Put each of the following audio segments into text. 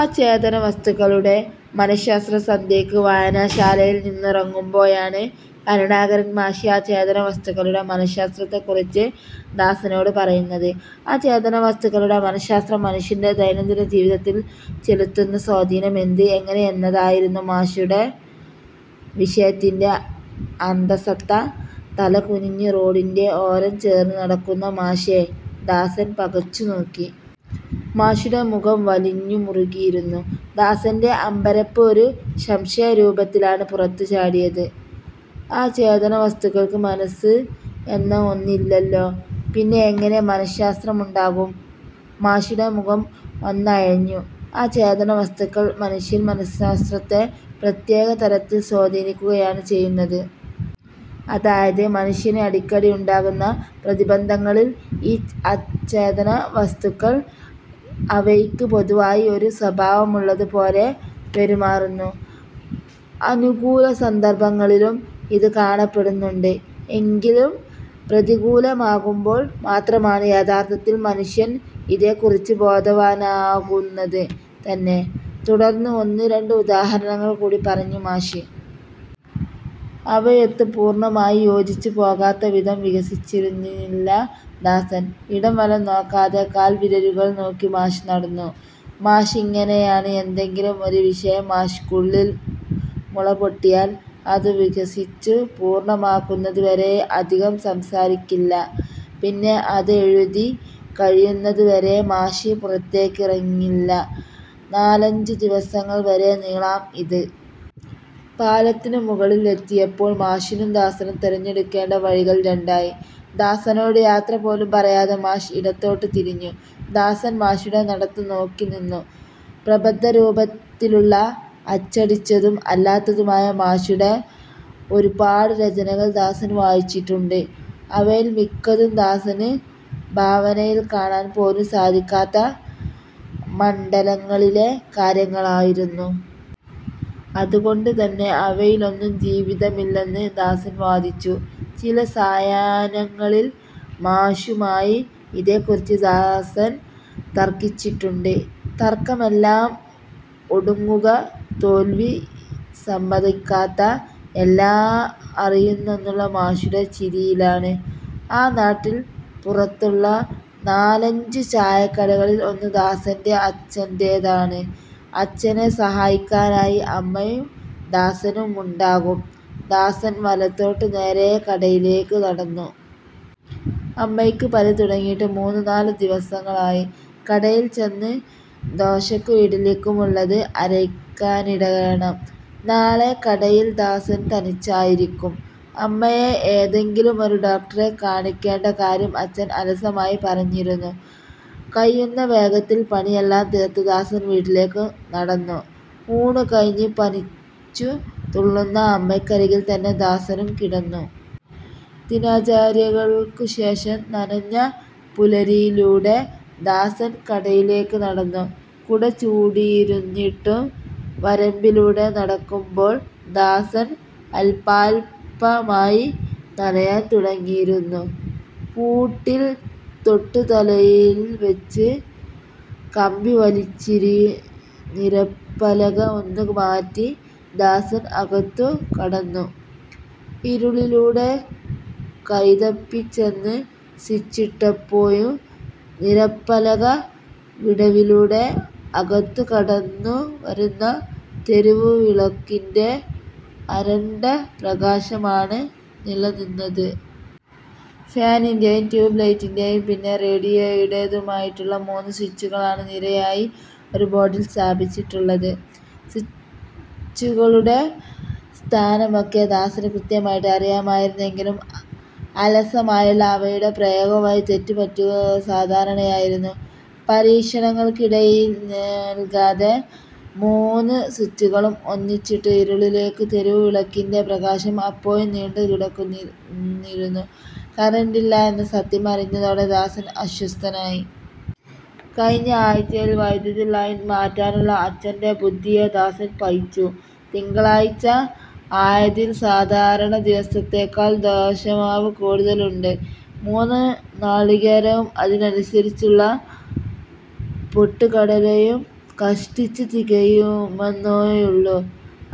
അചേതനവസ്തുക്കളുടെ മനശ്ശാസ്ത്രം സന്ധ്യയ്ക്ക് വായനശാലയിൽ നിന്നിറങ്ങുമ്പോഴാണ് കരുണാകരൻ മാഷ് അചേതനവസ്തുക്കളുടെ മനശ്ശാസ്ത്രത്തെക്കുറിച്ചു ദാസനോട് പറയുന്നത്. അചേതനവസ്തുക്കളുടെ മനശ്ശാസ്ത്രം മനുഷ്യന്റെ ദൈനം ദിന ജീവിതത്തിൽ ചെലുത്തുന്ന സ്വാധീനം എന്ത്, എങ്ങനെ എന്നതായിരുന്നു മാഷുടെ വിഷയത്തിന്റെ അന്തസത്ത. തലകുനിഞ്ഞ് റോഡിന്റെ ഓരം ചേർന്ന് നടക്കുന്ന മാഷെ ദാസൻ പകച്ചുനോക്കി. മാഷുടെ മുഖം വലിഞ്ഞു മുറുകിയിരുന്നു. ദാസന്റെ അമ്പരപ്പ് ഒരു സംശയരൂപത്തിലാണ് പുറത്തു ചാടിയത്. '' അചേതന വസ്തുക്കൾക്ക് മനസ്സ് എന്ന ഒന്നില്ലല്ലോ, പിന്നെ എങ്ങനെ മനശ്ശാസ്ത്രമുണ്ടാകും? '' മാഷുടെ മുഖം ഒന്നയഞ്ഞു. '' അചേതന വസ്തുക്കൾ മനുഷ്യ മനശ്ശാസ്ത്രത്തെ പ്രത്യേക തരത്തിൽ സ്വാധീനിക്കുകയാണ് ചെയ്യുന്നത്. അതായത് മനുഷ്യന് അടിക്കടി ഉണ്ടാകുന്ന പ്രതിബന്ധങ്ങളിൽ ഈ അചേതന വസ്തുക്കൾ അവയ്ക്ക് പൊതുവായി ഒരു സ്വഭാവമുള്ളതുപോലെ പെരുമാറുന്നു. അനുകൂല സന്ദർഭങ്ങളിലും ഇത് കാണപ്പെടുന്നുണ്ട്. എങ്കിലും പ്രതികൂലമാകുമ്പോൾ മാത്രമാണ് യഥാർത്ഥത്തിൽ മനുഷ്യൻ ഇതേക്കുറിച്ചു ബോധവാനാകുന്നത് തന്നെ '' തുടർന്ന് ഒന്ന് രണ്ട് ഉദാഹരണങ്ങൾ കൂടി പറഞ്ഞു മാഷ്. അവയൊത്ത് പൂർണമായി യോജിച്ചു പോകത്തക്കവിധം വികസിച്ചിരുന്നില്ല ദാസൻ. ഇടം വലം നോക്കാതെ കാൽവിരലുകൾ നോക്കി മാഷ് നടന്നു. മാഷിങ്ങനെയാണ്. ഏന്തെങ്കിലും ഒരു വിഷയം മാഷുക്കുള്ളിൽ മുളപൊട്ടിയാൽ അതുവികസിച്ചു പൂർണ്ണമാകുന്നതുവരെ അധികം സംസാരിക്കില്ല. പിന്നെ അതെഴുതി കഴിയുന്നതുവരെ മാഷ് പുറത്തേക്കിറങ്ങില്ല. നാലഞ്ചു ദിവസങ്ങൾ വരെ നീളാം ഇത്. പാലത്തിനുമുകളിൽ എത്തിയപ്പോൾ മാഷിനും ദാസനും തെരഞ്ഞെടുക്കേണ്ട വഴികൾ രണ്ടായി. ദാസനോട് യാത്രപോലും പറയാതെ മാഷ് ഇടത്തോട്ടു തിരിഞ്ഞു. ദാസൻ മാഷുടെ നടത്തം നോക്കി നിന്നു. പ്രബന്ധരൂപത്തിലുള്ള അച്ചടിച്ചതും അല്ലാത്തതുമായ മാഷുടെ ഒരുപാട് രചനകൾ ദാസൻ വായിച്ചിട്ടുണ്ട്. അവയിൽ മിക്കതും ദാസന് ഭാവനയിൽ കാണാൻ പോലും സാധിക്കാത്ത മണ്ഡലങ്ങളിലെ കാര്യങ്ങളായിരുന്നു. അതുകൊണ്ടുതന്നെ അവയിലൊന്നും ജീവിതമില്ലെന്ന് ദാസൻ വാദിച്ചു. ചില സായാഹ്നങ്ങളിൽ മാഷുമായി ഇതേക്കുറിച്ചു ദാസൻ തർക്കിച്ചിട്ടുണ്ട്. തർക്കമെല്ലാം ഒടുങ്ങുക തോൽവിസമ്മതിക്കാത്ത എല്ലാം അറിയുന്നെന്നുള്ള മാഷുടെ ചിരിയിലാണ്. ആ നാട്ടിൻപുറത്തുള്ള നാലഞ്ചു ചായക്കടകളിൽ ഒന്ന് ദാസന്റെ അച്ഛന്റേതാണ്. അച്ഛനെ സഹായിക്കാനായി അമ്മയും ദാസനുമു ണ്ടാകും. ദാസൻ വലത്തോട്ട് നേരെ കടയിലേക്ക് നടന്നു. അമ്മയ്ക്ക് പനി തുടങ്ങിയിട്ട് മൂന്നു നാലു ദിവസങ്ങളായി. കടയിൽ ചെന്ന് ദോശക്കും ഇഡ്ഡലിക്കുമുള്ളത് അരയ്ക്കാനിടണം. നാളെ കടയിൽ ദാസൻ തനിച്ചായിരിക്കും. അമ്മയെ ഏതെങ്കിലും ഒരു ഡോക്ടറെ കാണിക്കേണ്ടകാര്യം അച്ഛൻ അലസമായി പറഞ്ഞിരുന്നു. കഴിയുന്ന വേഗത്തിൽ പണിയെല്ലാം തീർത്ത് ദാസൻ വീട്ടിലേക്കു നടന്നു. ഊണുകഴിഞ്ഞു പനിച്ചുതുള്ളുന്ന അമ്മക്കരികിൽ തന്നെ ദാസനും കിടന്നു. ദിനചര്യകൾക്കുശേഷം നനഞ്ഞ പുലരിയിലൂടെ ദാസൻ കടയിലേക്ക് നടന്നു. കുടചൂടിയിരുന്നിട്ടും വരമ്പിലൂടെ നടക്കുമ്പോൾ ദാസൻ അൽപാൽപമായി നനയാൻ തുടങ്ങിയിരുന്നു. പൂട്ടിൽ തൊട്ടുതലയിൽ വെച്ച് കമ്പി വലിച്ചിരി നിരപ്പലക ഒന്ന് മാറ്റി ദാസൻ അകത്തുകടന്നു. ഇരുളിലൂടെ കൈതപ്പിചെന്ന് സ്വിച്ചിട്ടപ്പോഴും നിരപ്പലക വിടവിലൂടെ അകത്തുകടന്നുവരുന്ന തെരുവുവിളക്കിന്റെ അരണ്ട പ്രകാശമാണ് നിലനിന്നത്. ഫാനിന്റേയും ട്യൂബ് ലൈറ്റിന്റെയും പിന്നെ റേഡിയോയുടേതുമായിട്ടുള്ള മൂന്നു സ്വിച്ചുകളാണ് നിരയായി ഒരു ബോർഡിൽ സ്ഥാപിച്ചിട്ടുള്ളത്. സ്വിച്ചുകളുടെ സ്ഥാനമൊക്കെ ദാസന് കൃത്യമായിട്ട് അറിയുമായിരുന്നെങ്കിലും അലസമായുള്ള അവയുടെ പ്രയോഗംവഴി തെറ്റുപറ്റുക സാധാരണമായിരുന്നു. പരീക്ഷണത്തിനിടനൽകാതെ മൂന്നു സ്വിച്ചുകളും ഒന്നിച്ചിട്ടു. ഇരുളിലേക്ക് തെരുവ് വിളക്കിന്റെ പ്രകാശം അപ്പോഴും നീണ്ടുക്കുന്നിരുന്നു. കറണ്ടില്ല എന്ന സത്യം അറിഞ്ഞതോടെ ദാസൻ അസ്വസ്ഥനായി. കഴിഞ്ഞ ആഴ്ചയിൽ വൈദ്യുതി ലൈൻ മാറ്റാനുള്ള അച്ഛന്റെ ബുദ്ധിയെ ദാസൻ പഴിച്ചു. തിങ്കളാഴ്ച ആയതിൽ സാധാരണ ദിവസത്തേക്കാൾ ദോശമാവ് കൂടുതൽ ഉണ്ട്. മൂന്നു നാളികേരവും അതിനനുസരിച്ചുള്ള പൊട്ടുകടലയും കഷ്ടിച്ച് തികയുമെന്നേയുള്ളു.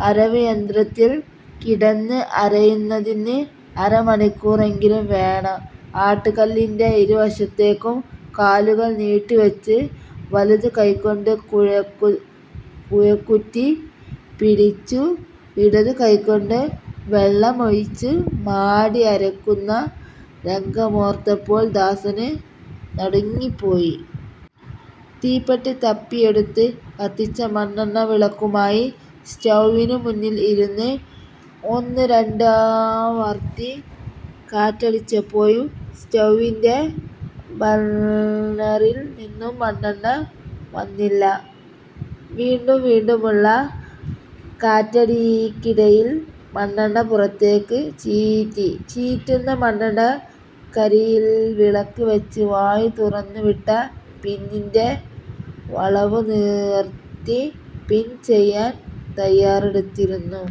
അരവ് യന്ത്രത്തിൽ കിടന്ന് അരയുന്നതിന് അരമണിക്കൂറെങ്കിലും വേണം. ആട്ടുക്കല്ലിന്റെ ഇരു വശത്തേക്കും കാലുകൾ നീട്ടിവെച്ചു വലതു കൈക്കൊണ്ട് കുഴ കുഴക്കുറ്റി പിടിച്ചു ഇടതു കൈക്കൊണ്ട് വെള്ളം ഒഴിച്ച് മാടി അരക്കുന്ന രംഗമോർത്തപ്പോൾ ദാസൻ നടുങ്ങിപ്പോയി. തീപ്പെട്ടി തപ്പിയെടുത്ത് കത്തിച്ച മണ്ണെണ്ണ വിളക്കുമായി സ്റ്റൗവിനു മുന്നിൽ ഇരുന്നു. ഒന്നുരണ്ടാവർത്തി കാറ്റടിച്ചപ്പോഴും സ്റ്റൗവിന്റെ ബർണറിൽ നിന്നും മണ്ണെണ്ണ വന്നില്ല. വീണ്ടും വീണ്ടുമുള്ള കാറ്റടിക്കിടയിൽ മണ്ണെണ്ണ പുറത്തേക്ക് ചീറ്റി. ചീറ്റുന്ന മണ്ണെണ്ണക്കരികിൽ വിളക്ക് വെച്ച് വായു തുറന്നുവിട്ട പിന്നിന്റെ വളവുനിവർത്തി പിൻ ചെയ്യാൻ തയാറെടുത്തിരുന്നു.